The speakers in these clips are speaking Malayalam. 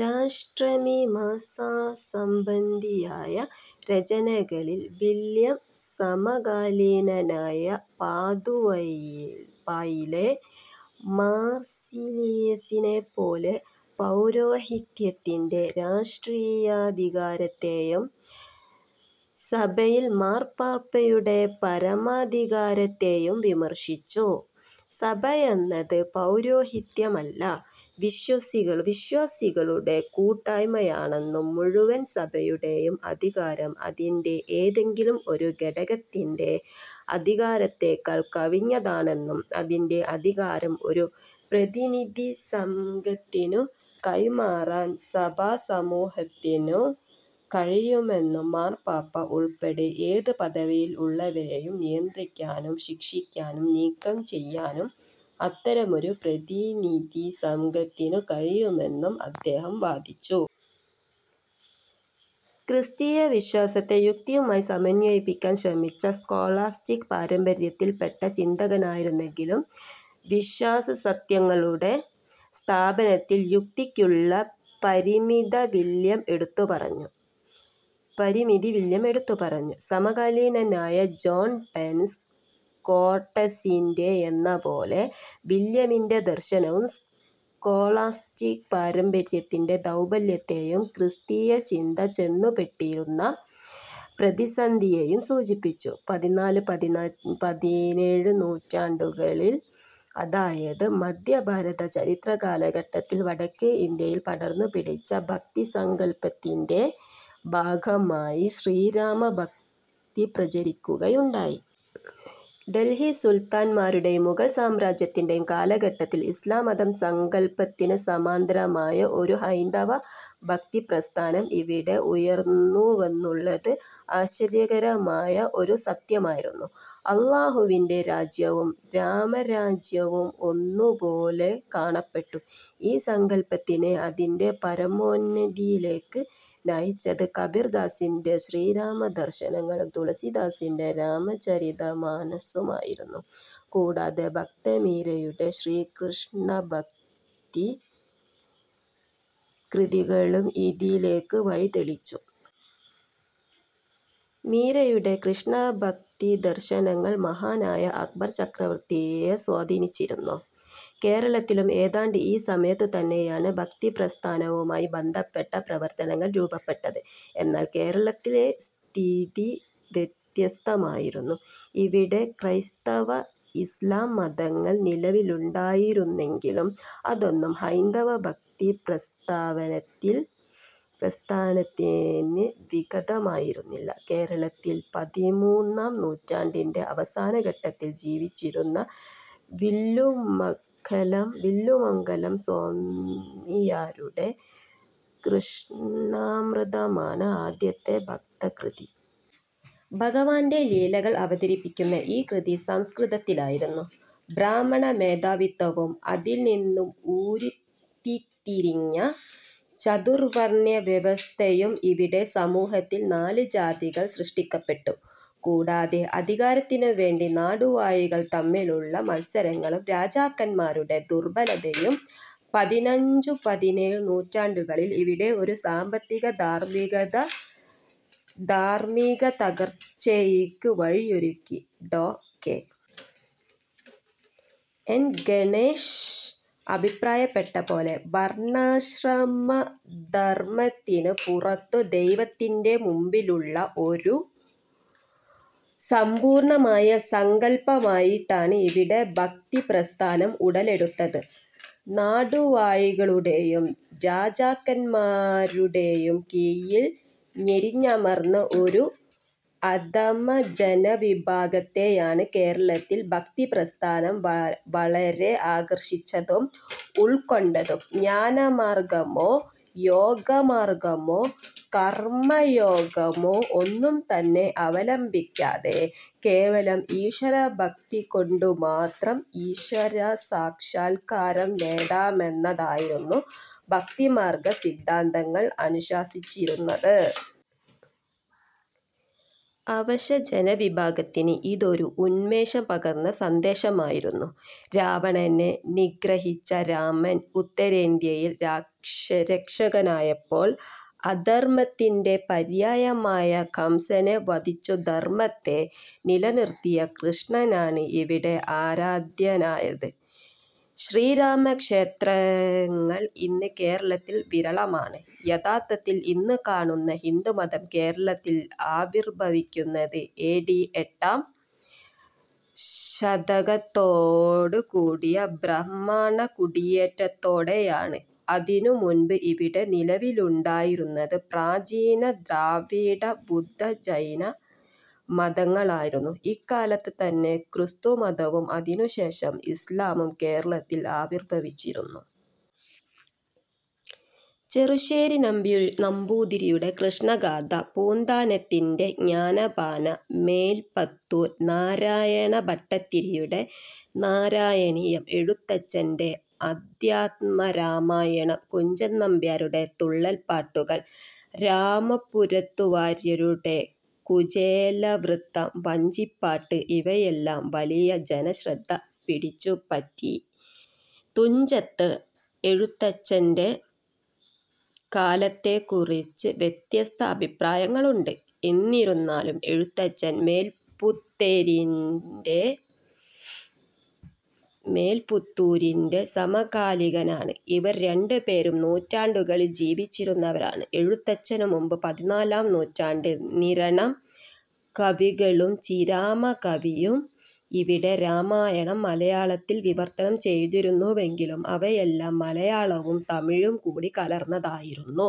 രാഷ്ട്രമീമാസാസംബന്ധിയായ രചനകളിൽ വില്യം, സമകാലീനനായ പാദുവയിലെ മാർസിലിയസിനെപ്പോലെ, പൗരോഹിത്യത്തിന്റെ രാഷ്ട്രീയാധികാരത്തേയും സഭയിൽ മാർപ്പാപ്പായുടെ പരമാധികാരത്തേയും വിമർശിച്ചു. സഭയെന്നത് പൗരോഹിത്യമല്ല വിശ്വാസികളുടെ കൂട്ടായ്മയാണെന്നും മുഴുവൻ സഭയുടേയും അധികാരം അതിന്റെ ഏതെങ്കിലും ഒരു ഘടകത്തിന്റെ അധികാരത്തേക്കൾ കവിഞ്ഞതാണെന്നും അതിന്റെ അധികാരം ഒരു പ്രതിനിധിസംഘത്തിനു കൈമാറാൻ സഭാസമൂഹത്തിനു കഴിയുമെന്നും മാർപ്പാപ്പ ഉൾപ്പെടെ ഏത് പദവിയിൽ ഉള്ളവരേയും നിയന്ത്രിക്കാനും ശിക്ഷിക്കാനും നീക്കം ചെയ്യാനും അത്തരമൊരു പ്രതിനിധിസംഘത്തിനു കഴിയുമെന്നും അദ്ദേഹം വാദിച്ചു. ക്രിസ്തീയവിശ്വാസത്തെ യുക്തിയുമായി സമന്വയിപ്പിക്കാൻ ശ്രമിച്ച സ്കൊളാസ്റ്റിക് പാരമ്പര്യത്തിൽ പെട്ട ചിന്തകനായിരുന്നെങ്കിലും വിശ്വാസസത്യങ്ങളുടെ സ്ഥാപനത്തിൽ യുക്തിക്കുള്ള പരിമിതി വില്യം എടുത്തുപറഞ്ഞു. സമകാലീനനായ ജോൺ ഡൺസ് സ്കോട്ടസിന്റെയെന്നപോലെ വില്യമിന്റെ ദർശനവും സ്കൊളാസ്റ്റിക് പാരമ്പര്യത്തിന്റെ ദൗർബല്യത്തേയും ക്രിസ്തീയചിന്ത ചെന്നുപെട്ടിരുന്ന പ്രതിസന്ധിയേയും സൂചിപ്പിച്ചു. പതിനാല് പതിനേഴ് നൂറ്റാണ്ടുകളിൽ അതായതു മദ്ധ്യഭാരത ചരിത്രകാല ഘട്ടത്തിൽ വടക്കേ ഇന്ത്യയിൽ പടർന്നു പിടിച്ച ഭക്തിസങ്കൽപ്പത്തിൻറെ ഭാഗമായി ശ്രീരാമ ഭക്തി പ്രചരിക്കുകയുണ്ടായി. ഡൽഹി സുൽത്താന്മാരുടേയും മുഗൾ സാമ്രാജ്യത്തിൻറെയും കാലഘട്ടത്തിൽ ഇസ്ലാംമത സങ്കൽപ്പത്തിന് സമാന്തരമായ ഒരു ഹൈന്ദവ ഭക്തിപ്രസ്ഥാനം ഇവിടെ ഉയർന്നുവന്നുവെന്നുള്ളത് ആശ്ചര്യകരമായ ഒരു സത്യമായിരുന്നു. അല്ലാഹുവിൻറെ രാജ്യവും രാമരാജ്യവും ഒന്നുപോലെ കാണപ്പെട്ടു. ഈ സങ്കല്പ്പത്തിനെ അതിൻറെ പരമോന്നതിയിലേക്ക് നയിച്ചത് കബിർദാസിൻറെ ശ്രീരാമദർശനങ്ങളും തുളസിദാസിൻറെ രാമചരിതമാനസ്സും ആയിരുന്നു. കൂടാത ഭക്തമീരയുടെ ശ്രീകൃഷ്ണഭക്തി കൃതികളും ഇതിലേക്ക് വഴി തെളിച്ചു. മീരയുടെ കൃഷ്ണഭക്തിദർശനങ്ങൾ മഹാനായ അക്ബർ ചക്രവർത്തിയെ സ്വാധീനിച്ചിരുന്നു. കേരളത്തിലും ഏതാണ്ട് ഈ സമയത്തുതന്നെയാണ് ഭക്തിപ്രസ്ഥനവുമായി ബന്ധപ്പെട്ട പ്രവർത്തനങ്ങൾ രൂപപ്പെട്ടത്. എന്നാൽ കേരളത്തിലെ സ്ഥിതി വ്യത്യസ്തമായിരുന്നു, ഇവിടെ ക്രൈസ്തവ – ഇസ്ലാം മതങ്ങൾ നിലവിലുണ്ടായിരുന്നെങ്കിലും അതൊന്നും ഹൈന്ദവ ഭക്തിപ്രസ്ഥാനത്തിന് വിഘാതമായിരുന്നില്ല. കേരളത്തിൽ പതിമൂന്നാം നൂറ്റാണ്ടിൻറെ അവസാനഘട്ടത്തിൽ ജീവിച്ചിരുന്ന വില്ലുമംഗലം സ്വാമിയാരുടെ ശ്രീകൃഷ്ണാമൃതമാണ് ആദ്യത്തെ ഭക്തകൃതി. ഭഗവാൻറെ ലീലകൾ അവതരിപ്പിക്കുന്ന ഈ കൃതി സംസ്കൃതത്തിലായിരുന്നു. ബ്രാഹ്മണ മേധാവിത്വവും അതിൽനിന്നു ഉരുത്തിതിരിഞ്ഞ ചാതുർവർണ്ണ്യവ്യവസ്ഥയും ഇവിടെ സമൂഹത്തിൽ നാല് ജാതികൾ സൃഷ്ടിക്കപ്പെട്ടു, കൂടാതെ അധികാരത്തിനുവേണ്ടി നാടുവാഴികൾ തമ്മിലുള്ള മത്സരങ്ങളും രാജാക്കന്മാരുടെ ദുർബലതയും പതിനഞ്ചു പതിനേഴു നൂറ്റാണ്ടുകളിൽ ഇവിടെ ഒരു സാമ്പത്തിക- ധാർമ്മികതകർച്ചയ്ക്ക് വഴിയൊരുക്കി ഡോ കെ.. എൻ ഗണേഷ് അഭിപ്രായപ്പെട്ടപോലെ വർണ്ണാശ്രമധർമത്തിന് പുറത്തു ദൈവത്തിൻറെ മുമ്പിലുള്ള ഒരു സമ്പൂർണമായ സങ്കല്പ്പമായിട്ടാണ് ഇവിടെ ഭക്തിപ്രസ്ഥാനം ഉടലെടുത്തത് നാടുവാഴികളുടെയും രാജാക്കന്മാരുടേയും കീഴിൽ ഞെരിഞമർന്ന ഒരു അധമജനവിഭാഗത്തെയാണ് കേരളത്തിൽ ഭക്തിപ്രസ്ഥാനം വളരെ ആകർഷിച്ചതും ഉൾക്കൊണ്ടതും ജ്ഞാനമാർഗ്ഗമോ യോഗമാർഗ്ഗമോ കർമ്മയോഗമോ ഒന്നും തന്നെ അവലംബിക്കാതെ കേവലം ഈശ്വരഭക്തി കൊണ്ടുമാത്രം ഈശ്വരസാക്ഷൽക്കാരം നേടാമെന്നതായിരുന്നു ഭക്തിമാർഗ്ഗ സിദ്ധാന്തങ്ങൾ അനുശാസിച്ചിരുന്നത്. അവശജനവിഭാഗത്തിന് ഇതൊരൂ ഉന്മേഷ പകർന്ന സന്ദേശമായിരുന്നു. രാവണനെ നിഗ്രഹിച്ച രാമൻ ഉത്തരേന്ത്യയിൽ രക്ഷകനായപ്പോൾ അധർമ്മത്തിൻറെ പര്യായമായ കംസനെ വധിച്ചു ധർമ്മത്തെ നിലനിർത്തിയ കൃഷ്ണനാണ് ഇവിടെ ആരാധ്യനായത്. ശ്രീരാമക്ഷേത്രങ്ങൾ ഇന്ന് കേരളത്തിൽ വിരളമാണ്. യഥാർഥത്തിൽ ഇന്ന് കാണുന്ന ഹിന്ദുമതം കേരളത്തിൽ ആവിർഭവിക്കുന്നത് എ, ഡി, എട്ടാം ശതകത്തോട് കൂടിയ ബ്രാഹ്മണ കുടിയേറ്റത്തോടെയാണ് അതിനു മുൻപ് ഇവിടെ നിലവിലുണ്ടായിരുന്നത് പ്രാചീന ദ്രാവിഡ, ബുദ്ധ-ജൈന മതങ്ങളായിരുന്നു, ഇക്കാലത്ത് തന്നെ ക്രിസ്തു മതവും അതിനുശേഷം ഇസ്ലാമും കേരളത്തിൽ ആവിർഭവിച്ചിരുന്നു. ചെറുശ്ശേരി നമ്പുതിരിയുടെ കൃഷ്ണഗാഥ, പൂന്താനത്തിൻറെ, ജ്ഞാനപ്പാന, മേൽപ്പത്തൂർ നാരായണ ഭട്ടതിരിയുടെ നാരായണീയം, എഴുത്തച്ഛൻറെ അദ്ധ്യാത്മരാമായണം, കുഞ്ചൻ നമ്പിയാരുടെ തുള്ളൽപ്പാട്ടുകൾ, രാമപുരത്തു വാരിയരുടെ കുചേലവൃത്തം വഞ്ചിപ്പാട്ട് ഇവയെല്ലാം വലിയ ജനശ്രദ്ധ പിടിച്ചുപറ്റി തുഞ്ചത്ത് എഴുത്തച്ഛൻറെ കാലത്തെക്കുറിച്ച് വ്യത്യസ്ത അഭിപ്രായങ്ങളുണ്ട്, എന്നിരുന്നാലും എഴുത്തച്ഛൻ മേൽപ്പത്തൂരിൻറെ സമകാലികനാണ്, ഇവർ രണ്ടുപേരും നൂറ്റാണ്ടുകളിൽ ജീവിച്ചിരുന്നവരാണ്, എഴുത്തച്ഛനു മുമ്പ് പതിനാലാം നൂടണ്ടിൽ നിരണം കവികളും ചീരാമ കവിയും ഇവിടെ രാമായണം മലയാളത്തിൽ വിവർത്തനം ചെയ്തിരുന്നുവെങ്കിലും അവയെല്ലാം മലയാളവും തമിഴും കൂടി കലർന്നതായിരുന്നു.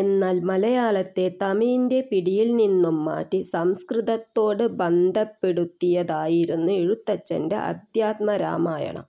എന്നാൽ മലയാളത്തെ തമിഴിൻറെ പിടിയിൽ നിന്നും മാറ്റി, സംസ്കൃതത്തോട് ബന്ധപ്പെടുത്തിയതായിരുന്നു എഴുത്തച്ഛൻറെ അദ്ധ്യാത്മരാമായണം.